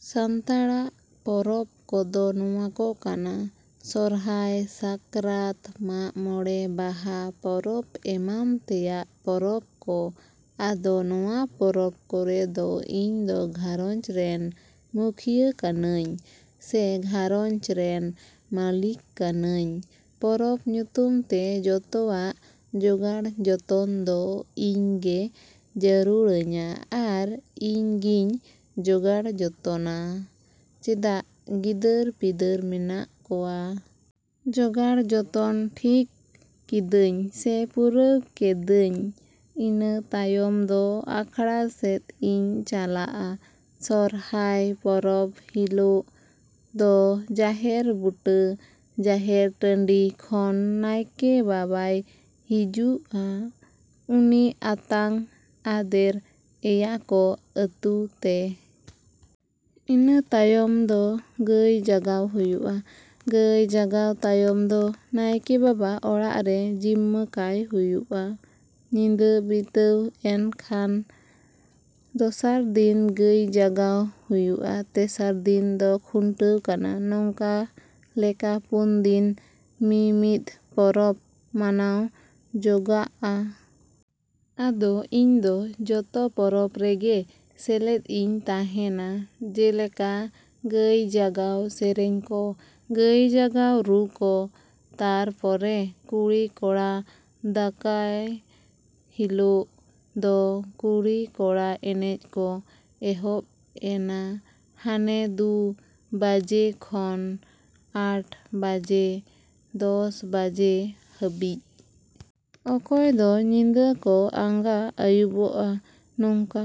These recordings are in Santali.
‎ᱥᱟᱱᱛᱟᱲᱟᱜ ᱯᱚᱨᱚᱵᱽ ᱠᱚᱫᱚ ᱱᱚᱶᱟ ᱠᱚ ᱠᱟᱱᱟ ᱥᱚᱨᱦᱟᱭ, ᱥᱟᱠᱨᱟᱛ, ᱢᱟᱜ ᱢᱚᱲᱮ, ᱵᱟᱦᱟ, ᱯᱚᱨᱚᱵᱽ ᱮᱢᱟᱱ ᱛᱮᱭᱟᱜ ᱯᱚᱨᱚᱵᱽ ᱠᱚ᱾ ᱟᱫᱚ ᱱᱚᱶᱟ ᱯᱚᱨᱚᱵᱽ ᱠᱚᱨᱮ ᱫᱚ ᱤᱧ ᱫᱚ ᱜᱷᱟᱸᱨᱚᱧᱡᱽ ᱨᱮᱱ ᱢᱩᱠᱷᱤᱭᱟᱹ ᱠᱟᱹᱱᱟᱹᱧ ᱥᱮ ᱜᱷᱟᱸᱨᱚᱧᱡᱽ ᱨᱮᱱ ᱢᱟᱹᱞᱤᱠ ᱠᱟᱹᱱᱟᱹᱧ᱾ ᱯᱚᱨᱚᱵᱽ ᱧᱩᱛᱩᱢ ᱛᱮ ᱡᱚᱛᱚᱣᱟᱜ ᱡᱚᱜᱟᱲ ᱡᱚᱛᱚᱱ ᱫᱚ ᱤᱧ ᱜᱮ ᱡᱟᱹᱨᱩᱲᱟᱹᱧᱟ ᱟᱨ ᱤᱧ ᱜᱤᱧ ᱡᱚᱜᱟᱲ ᱡᱚᱛᱚᱱᱟ ᱪᱮᱫᱟᱜ ᱜᱤᱫᱟᱹᱨ ᱯᱤᱫᱟᱹᱨ ᱢᱮᱱᱟᱜ ᱠᱚᱣᱟ᱾ ᱡᱚᱜᱟᱲ ᱡᱚᱛᱚᱱ ᱴᱷᱤᱠ ᱠᱤᱫᱟᱹᱧ ᱥᱮ ᱯᱩᱨᱟᱹᱣ ᱠᱮᱫᱟᱹᱧ ᱤᱱᱟᱹ ᱛᱟᱭᱚᱢ ᱫᱚ ᱟᱠᱷᱲᱟ ᱥᱮᱫ ᱤᱧ ᱪᱟᱞᱟᱜᱼᱟ᱾ ᱥᱚᱨᱦᱟᱭ ᱯᱚᱨᱚᱵᱽ ᱦᱤᱞᱳᱜ ᱫᱚ ᱡᱟᱦᱮᱨ ᱵᱩᱴᱟᱹ, ᱡᱟᱦᱮᱨ ᱴᱟᱺᱰᱤ ᱠᱷᱚᱱ ᱱᱟᱭᱠᱮ ᱵᱟᱵᱟᱭ ᱦᱤᱡᱩᱜᱼᱟ᱾ ᱩᱱᱤ ᱟᱛᱟᱝ ᱟᱫᱮᱨ ᱮᱭᱟ ᱠᱚ ᱟᱹᱛᱩ ᱛᱮ᱾ ᱤᱱᱟᱹ ᱛᱟᱭᱚᱢ ᱫᱚ ᱜᱟᱹᱭ ᱡᱟᱜᱟᱣ ᱦᱩᱭᱩᱜᱼᱟ᱾ ᱜᱟᱹᱭ ᱡᱟᱜᱟᱣ ᱛᱟᱭᱚᱢ ᱫᱚ ᱱᱟᱭᱠᱮ ᱵᱟᱵᱟ ᱚᱲᱟᱜ ᱨᱮ ᱡᱤᱢᱢᱟᱹ ᱠᱟᱭ ᱦᱩᱭᱩᱜᱼᱟ᱾ ᱧᱤᱫᱟᱹ ᱵᱤᱛᱟᱹᱣ ᱮᱱ ᱠᱷᱟᱱ ᱫᱚᱥᱟᱨ ᱫᱤᱱ ᱜᱟᱹᱭ ᱡᱟᱜᱟᱣ ᱦᱩᱭᱩᱜᱼᱟ᱾ ᱛᱮᱥᱟᱨ ᱫᱤᱱ ᱫᱚ ᱠᱷᱩᱱᱴᱟᱹᱣ ᱠᱟᱱᱟ᱾ ᱱᱚᱝᱠᱟ ᱞᱮᱠᱟ ᱯᱩᱱ ᱫᱤᱱ ᱫᱚ ᱢᱤᱢᱤᱫ ᱯᱚᱨᱚᱵᱽ ᱢᱟᱱᱟᱣ ᱡᱚᱜᱟᱜᱼᱟ᱾ ᱟᱫᱚ ᱤᱧ ᱫᱚ ᱡᱚᱛᱚ ᱯᱚᱨᱚᱵᱽ ᱨᱮᱜᱮ ᱥᱮᱞᱮᱫ ᱤᱧ ᱛᱟᱦᱮᱸᱱᱟ ᱡᱮᱞᱮᱠᱟ, ᱜᱟᱹᱭ ᱡᱟᱜᱟᱣ ᱥᱮᱨᱮᱧ ᱠᱚ, ᱜᱟᱹᱭ ᱡᱟᱜᱟᱣ ᱨᱩ ᱠᱚ, ᱛᱟᱨᱯᱚᱨᱮ ᱠᱩᱲᱤ ᱠᱚᱲᱟ ᱫᱟᱠᱟᱭ ᱦᱤᱞᱳᱜ ᱫᱚ ᱠᱩᱲᱤ ᱠᱚᱲᱟ ᱮᱱᱮᱡ ᱠᱚ ᱮᱦᱚᱵᱽ ᱮᱱᱟ ᱦᱟᱱᱮ ᱫᱩ ᱵᱟᱡᱮ ᱠᱷᱚᱱ ᱟᱴ ᱵᱟᱡᱮ, ᱫᱚᱥ ᱵᱟᱡᱮ ᱦᱟᱹᱵᱤᱡ᱾ ᱚᱠᱚᱭ ᱫᱚ ᱧᱤᱫᱟᱹ ᱠᱚ ᱟᱸᱜᱟ ᱟᱹᱭᱩᱵᱚᱜᱼᱟ ᱱᱚᱝᱠᱟ᱾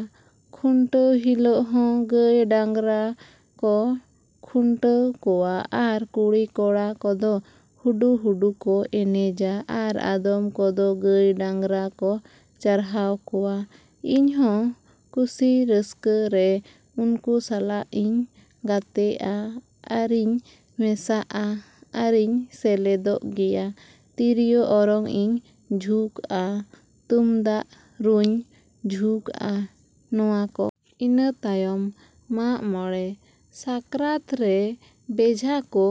ᱠᱷᱩᱱᱴᱟᱹᱣ ᱦᱤᱞᱳᱜ ᱦᱚᱸ ᱜᱟᱹᱭ ᱰᱟᱝᱨᱟ ᱠᱚ ᱠᱷᱩᱱᱴᱟᱹᱣ ᱠᱚᱣᱟ ᱟᱨ ᱠᱩᱲᱤ ᱠᱚᱲᱟ ᱠᱚᱫᱚ ᱦᱩᱰᱩ ᱦᱩᱰᱩ ᱠᱚ ᱮᱱᱮᱡᱟ ᱟᱨ ᱟᱫᱚᱢ ᱠᱚᱫᱚ ᱜᱟᱹᱭ ᱰᱟᱝᱨᱟ ᱠᱚ ᱪᱟᱨᱦᱟᱣ ᱠᱚᱣᱟ᱾ ᱤᱧᱦᱚᱸ ᱠᱩᱥᱤ ᱨᱟᱹᱥᱠᱟᱹ ᱨᱮ ᱩᱱᱠᱩ ᱥᱟᱞᱟᱜ ᱤᱧ ᱜᱟᱛᱮᱜᱼᱟ ᱟᱨᱤᱧ ᱢᱮᱥᱟᱜᱼᱟ ᱟᱨᱤᱧ ᱥᱮᱞᱮᱫᱚᱜ ᱜᱮᱭᱟ, ᱛᱤᱨᱤᱭᱳ ᱚᱨᱚᱝ ᱤᱧ ᱡᱷᱩᱠᱼᱟ, ᱛᱩᱢᱫᱟᱜ ᱨᱩᱧ ᱡᱷᱩᱠᱼᱟ ᱱᱚᱶᱟ ᱠᱚ᱾ ᱤᱱᱟᱹ ᱛᱟᱭᱚᱢ ᱢᱟᱜᱽ ᱢᱚᱬᱮ᱾ ᱥᱟᱠᱨᱟᱛ ᱨᱮ ᱵᱮᱡᱷᱟ ᱠᱚ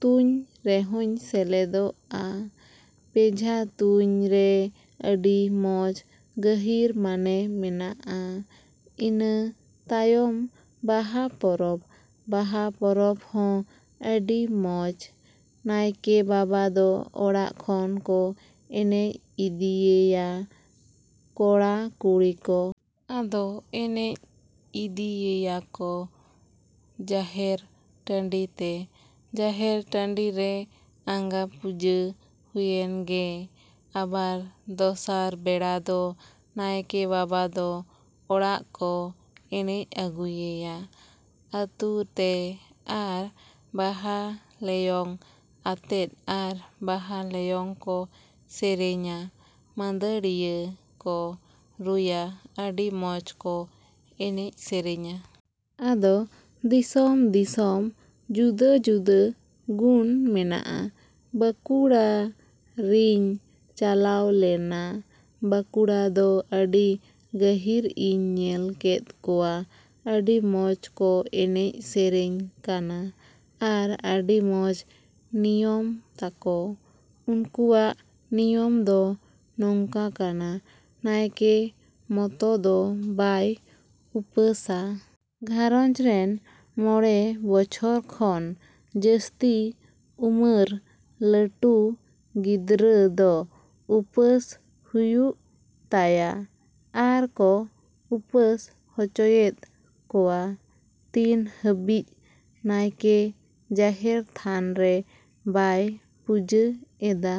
ᱛᱩᱧ ᱨᱮᱦᱚᱸᱧ ᱥᱮᱞᱮᱫᱚᱜᱼᱟ᱾ ᱵᱮᱡᱷᱟ ᱛᱩᱧᱨᱮ ᱟᱹᱰᱤ ᱢᱚᱸᱡᱽ ᱜᱟᱹᱦᱤᱨ ᱢᱟᱱᱮ ᱢᱮᱱᱟᱜᱼᱟ᱾ ᱤᱱᱟᱹ ᱛᱟᱭᱚᱢ ᱵᱟᱦᱟ ᱯᱚᱨᱚᱵᱽ᱾ ᱵᱟᱦᱟ ᱯᱚᱨᱚᱵᱽ ᱦᱚᱸ ᱟᱹᱰᱤ ᱢᱚᱸᱡᱽ᱾ ᱱᱟᱭᱠᱮ ᱵᱟᱵᱟ ᱫᱚ ᱚᱲᱟᱜ ᱠᱷᱚᱱ ᱠᱚ ᱮᱱᱮᱡ ᱤᱫᱤᱭᱮᱭᱟ ᱠᱚᱲᱟ ᱠᱩᱲᱤ ᱠᱚ᱾ ᱟᱫᱚ ᱮᱱᱮᱡ ᱤᱫᱤᱭᱮᱭᱟ ᱠᱚ ᱡᱟᱦᱮᱨ ᱴᱟᱺᱰᱤᱛᱮ᱾ ᱡᱟᱦᱮᱨ ᱴᱟᱺᱰᱤ ᱨᱮ ᱟᱸᱜᱟ ᱯᱩᱡᱟᱹ ᱦᱩᱭᱮᱱ ᱜᱮ ᱟᱵᱟᱨ ᱫᱚᱥᱟᱨ ᱵᱮᱲᱟ ᱫᱚ ᱱᱟᱭᱠᱮ ᱵᱟᱵᱟ ᱫᱚ ᱚᱲᱟᱜ ᱠᱚ ᱮᱱᱮᱡ ᱟᱹᱜᱩᱭᱮᱭᱟ ᱟᱹᱛᱩᱛᱮ ᱟᱨ ᱵᱟᱦᱟ ᱞᱮᱭᱚᱝ ᱟᱛᱮᱫ ᱟᱨ ᱵᱟᱦᱟ ᱞᱮᱭᱚᱝ ᱠᱚ ᱥᱮᱹᱨᱮᱹᱧᱟ, ᱢᱟᱹᱫᱟᱹᱲᱤᱭᱟᱹ ᱠᱚ ᱨᱩᱭᱟ, ᱟᱹᱰᱤ ᱢᱚᱸᱡᱽ ᱠᱚ ᱮᱱᱮᱡ ᱥᱮᱨᱮᱧᱟ᱾ ᱟᱫᱚ ᱫᱤᱥᱚᱢ ᱫᱤᱥᱚᱢ ᱡᱩᱫᱟᱹ ᱡᱩᱫᱟᱹ ᱜᱩᱱ ᱢᱮᱱᱟᱜᱼᱟ᱾ ᱵᱟᱸᱠᱩᱲᱟ ᱨᱤᱧ ᱪᱟᱞᱟᱣ ᱞᱮᱱᱟ᱾ ᱵᱟᱸᱠᱩᱲᱟ ᱫᱚ ᱟᱹᱰᱤ ᱜᱟᱹᱦᱤᱨ ᱤᱧ ᱧᱮᱞ ᱠᱮᱫ ᱠᱚᱣᱟ᱾ ᱟᱹᱰᱤ ᱢᱚᱸᱡᱽ ᱠᱚ ᱮᱱᱮᱡ ᱥᱮᱹᱨᱮᱹᱧ ᱠᱟᱱᱟ ᱟᱨ ᱟᱹᱰᱤ ᱢᱚᱸᱡᱽ ᱱᱤᱭᱚᱢ ᱛᱟᱠᱚ᱾ ᱩᱱᱠᱩᱣᱟᱜ ᱱᱤᱭᱚᱢ ᱫᱚ ᱱᱚᱝᱠᱟ ᱠᱟᱱᱟ ᱱᱟᱭᱠᱮ ᱢᱚᱛᱚ ᱫᱚ ᱵᱟᱭ ᱩᱯᱟᱹᱥᱟ᱾ ᱜᱷᱟᱸᱨᱚᱧᱡᱽ ᱨᱮᱱ ᱢᱚᱬᱮ ᱵᱚᱪᱷᱚᱨ ᱠᱷᱚᱱ ᱡᱟᱹᱥᱛᱤ ᱩᱢᱟᱹᱨ ᱞᱟᱹᱴᱩ ᱜᱤᱫᱽᱨᱟᱹ ᱫᱚ ᱩᱯᱟᱹᱥ ᱦᱩᱭᱩᱜ ᱛᱟᱭᱟ ᱟᱨ ᱠᱚ ᱩᱯᱟᱹᱥ ᱦᱚᱪᱚᱭᱮᱫ ᱠᱚᱣᱟ᱾ ᱛᱤᱱ ᱦᱟᱹᱵᱤᱡ ᱱᱟᱭᱠᱮ ᱡᱟᱦᱮᱨ ᱛᱷᱟᱱᱨᱮ ᱵᱟᱭ ᱯᱩᱡᱟᱹ ᱮᱫᱟ᱾